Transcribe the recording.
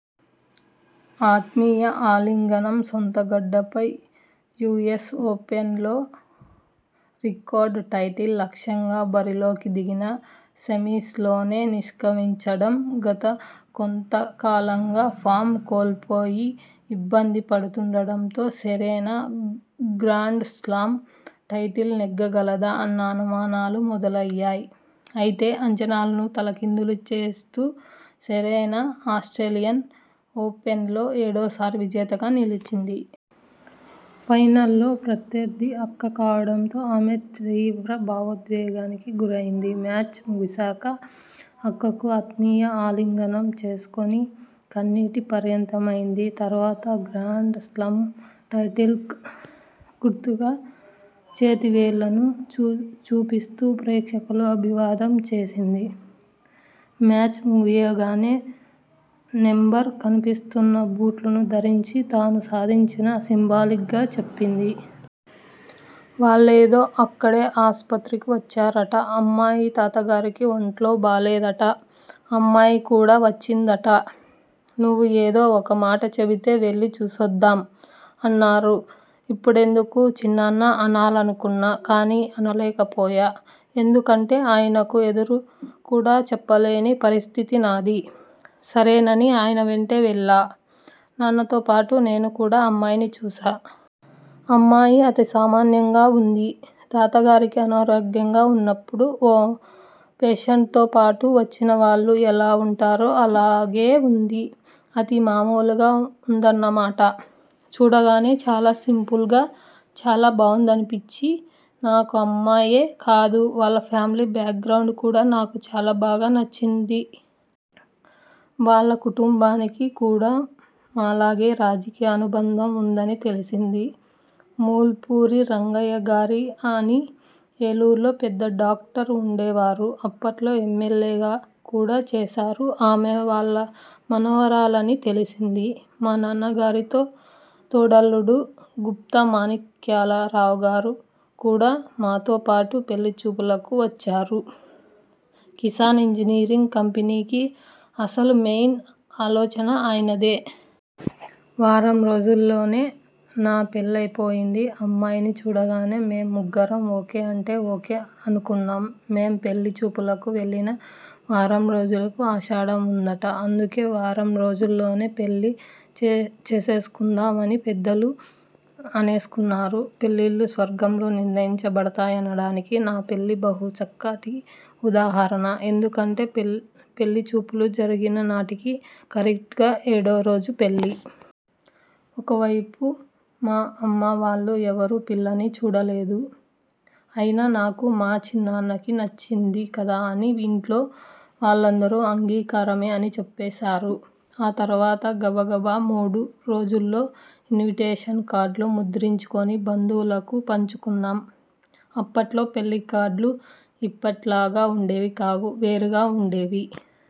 ఆత్మీయ ఆలింగనం: సొంతగడ్డపై యూఎస్ ఓపెన్లో రికార్డు టైటిల్ లక్ష్యంగా బరిలోకి దిగి సెమీ్సలోనే నిష్క్రమించడం!! గత కొంత కాలంగా ఫామ్ కోల్పోయి ఇబ్బంది పడుతుండడంతో సెరెనా గ్రాండ్ స్లామ్ టైటిల్ నెగ్గగలదా అన్న అనుమానాలు మొదలయ్యాయి! అయితే అంచనాల్ని తలకిందులు చేస్తూ సెరెనా ఆస్ర్టేలియన్ ఓపెన్లో ఏడోసారి విజేతగా నిలిచింది. ఫైనల్లో ప్రత్యర్థి అక్క కావడంతో ఆమె తీవ్ర భావోద్వేగానికి గురైంది. మ్యాచ్ ముగిశాక అక్కను ఆత్మీయ ఆలింగనం చేసుకుని కన్నీటి పర్యంతమైంది. తర్వాత గ్రాండ్ స్లామ్ టైటిల్కు గుర్తుగా చేతి వేళ్లను చూపిస్తూ ప్రేక్షకులకు అభివాదం చేసింది. మ్యాచ్ ముగియగానే నెంబర్ కనిపిస్తున్న బూట్లను ధరించి తాను సాధించానని సింబాలిక్గా చెప్పింది. వాళ్లేదో ఇక్కడే ఆసుపత్రికి వచ్చారట. అమ్మాయి తాతగారికి ఒంట్లో బాగాలేదట. అమ్మాయికూడా వచ్చిందట. నువ్వు ఏదో ఓ మాటచెబితే వెళ్లి చూసొచ్చేద్దాం' అన్నారు. ''ఇప్పుడెందుకు చిన్నాన్నా'' అనాలనుకున్నా. కానీ అనలేకపోయా. ఎందుకంటే ఆయనకు ఎదురుకూడా చెప్పలేని పరిస్థితి నాది. సరేనని ఆయనవెంటే వెళ్లా. న్నాన్నతోపాటు నేనుకూడా అమ్మాయిని చూశా. అమ్మాయి అతి సామాన్యంగా ఉంది. తాతగారికి అనారోగ్యంగా ఉన్నప్పుడు, ఓ పేషెంట్తోపాటు వచ్చినవాళ్లు ఎలా ఉంటారో అలాగే ఉంది. అతి మామూలుగా ఉందన్నమాట. చూడగానే చాలా సింపుల్గా, చాలా బావుందనిపించి నాకు. అమ్మాయే కాదు, వాళ్ల ఫ్యామిలీ బ్యాగ్రౌండ్ కూడా నాకు చాలా బాగా నచ్చింది. వాళ్ల కుటుంబానికి కూడా మాలాగే రాజకీయానుబంధం ఉందని తెలిసింది. మూల్పూరి రంగయ్యగారు అని ఏలూరులో పెద్ద డాక్టర్ ఉండేవారు. అప్పట్లో ఎమ్మెల్యేగా కూడా చేశారు. ఈమె వాళ్ల మనవరాలని తెలిసింది. మా నాన్నగారి తోడల్లుడు గుత్తా మాణిక్యాలరావుగారు కూడా మాతోపాటు పెళ్ళి చూపులకు వచ్చారు. కిసాన్ ఇంజనీరింగ్ కంపెనీకి అసలు మెయిన్ ఆలోచన ఆయనదే. వారంరోజుల్లోనే నా పెళ్ళైపోయిందిఅమ్మాయిని చూడగానే మేం ముగ్గురం ఓకే అంటే ఓకే అనుకున్నాం. మేం పెళ్ళి చూపులకు వెళ్లిన వారంరోజులకు ఆషాఢం ఉందట. అందుకే వారంరోజుల్లోనే పెళ్ళి చేసేసుకుందాం అని పెద్దలు అనేసుకున్నారు. పెళ్ళిళ్ళు స్వర్గంలో నిర్ణయించబడతాయనడానికి నా పెళ్ళి బహుచక్కటి ఉదాహరణ. ఎందుకంటే పెళ్ళిచూపులు జరిగిననాటికి కరెక్ట్గా ఏడోరోజు పెళ్ళి. ఒకవైపు మా అమ్మవాళ్లు ఎవరూ పిల్లని చూడలేదు. అయినా నాకు, మా చిన్నాన్నకి నచ్చింది కదా అని ఇంట్లో వాళ్ళందరూ అంగీకారమే అని చెప్పేశారు. ఆ తర్వాత గబగబా మూడురోజుల్లో ఇన్విటేషన్ కార్డులు ముద్రించుకుని బంధువులకు పంచుకున్నాం. అప్పట్లో పెళ్ళికార్డులు ఇప్పట్లాగా ఉండేవికావు. వేరుగా ఉండేవి.